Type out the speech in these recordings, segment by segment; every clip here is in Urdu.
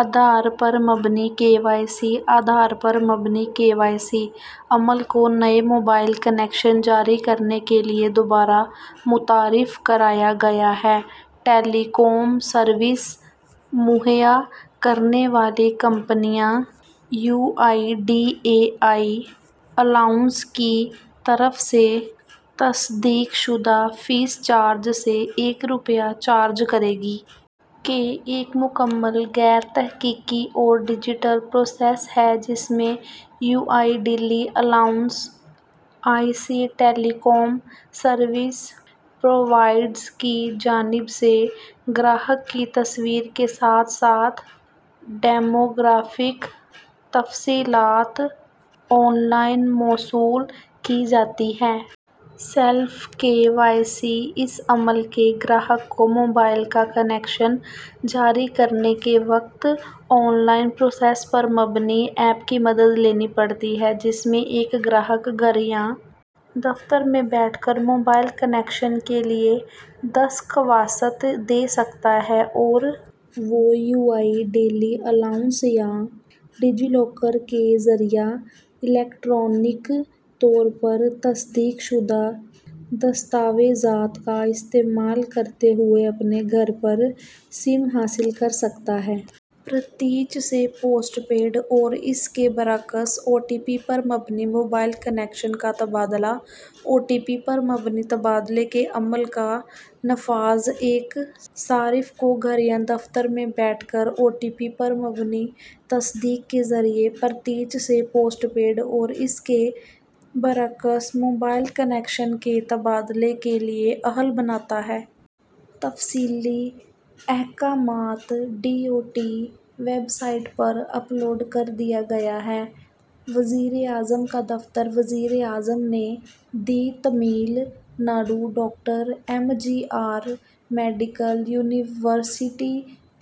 آدھار پر مبنی E K Y C Aadhaar پر مبنی ای کے وائی سی عمل کو نئے موبائل کنیکشن جاری کرنے کے لئے دوبارہ متعارف کرایا گیا ہے۔ ٹیلی کام سروس فراہم کرنے والی کمپنیاں U I D A I کی طرف سے تصدیق شدہ فی صارف سے ایک روپیہ چارج کریں گی۔ یہ ایک مکمل غیر کاغذی اور ڈیجیٹل پروسیس ہے جس میں U I D A I سے ٹیلی کام سروس پرووائیڈرز کی جانب سے صارف کی تصویر کے ساتھ ساتھ ڈیموگرافک تفصیلات آن لائن موصول کی جاتی ہیں۔ سیلف کے وائی سی اس عمل میں گاہک کو موبائل کا کنیکشن جاری کرنے کے وقت آن لائن پروسیس پر مبنی ایپ کی مدد لینی پڑتی ہے۔ جس میں ایک صارف گھر یا دفتر میں بیٹھ کر موبائل کنیکشن کے لئے درخواست دے سکتا ہے اور وہ U I D A I یا ڈیجی لاکر کے ذریعہ الیکٹرانک طور پر تصدیق شدہ دستاویزات کا استعمال کرتے ہوئے اپنے گھر پر سم حاصل کر سکتا ہے۔ پرپیڈ سے پوسٹ پیڈ اور اس کے برعکس او ٹی پی پر مبنی موبائل کنیکشن کا تبادلہ او ٹی پی پر مبنی تبادلے کے عمل کا نفاذ ایک صارف کو گھر یا دفتر میں بیٹھ کر او ٹی پی پر مبنی تصدیق کے ذریعہ پرپیڈ سے پوسٹ پیڈ اور اس کے برعکس موبائل کنیکشن کے تبادلے کے لئے اہل بناتا ہے۔ تفصیلی احکامات D O T website پر اپلوڈ کر دیا گیا ہے۔ وزیراعظم کا دفتر وزیر اعظم نے the Tamil Nadu doctor M G R medical university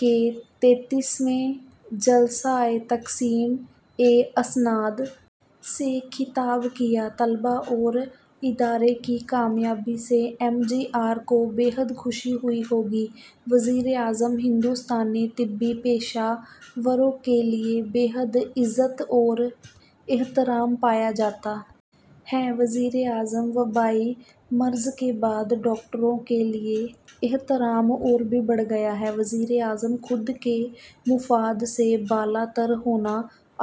کے تینتیسویں جلسہ تقسیم اسناد سے خطاب کیا طلباء اور ادارے کی کامیابی سے ایم جی آر کو بے حد خوشی ہوئی ہوگی وزیر اعظم ہندوستانی طبی پیشہ وروں کے لئے بے حد عزت اور احترام پایا جاتا ہے وزیر اعظم وبائی مرض کے بعد ڈاکٹروں کے لئے احترام اور بھی بڑھ گیا ہے وزیر اعظم خود کے مفاد سے بالا تر ہونا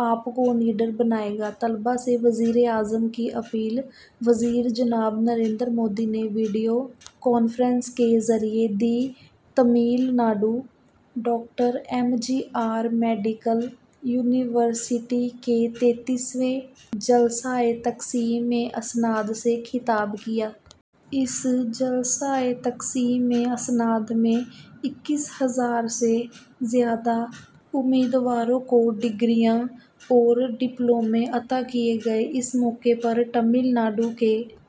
آپ کو نڈر بنائے گا طلباء سے وزیر اعظم کی اپیل وزیر جناب نریندر مودی نے ویڈیو کانفرنس کے ذریعے the Tamil Nadu doctor M G R medical university کے تینتیسویں جلسہ تقسیم اسناد سے خطاب کیا۔ اس جلسہ تقسیم اسناد میں اکیس ہزار سے زیادہ امیدواروں کو ڈگریاں اور ڈپلومے عطا کئے گئے۔ اس موقع پر تمل ناڈو کے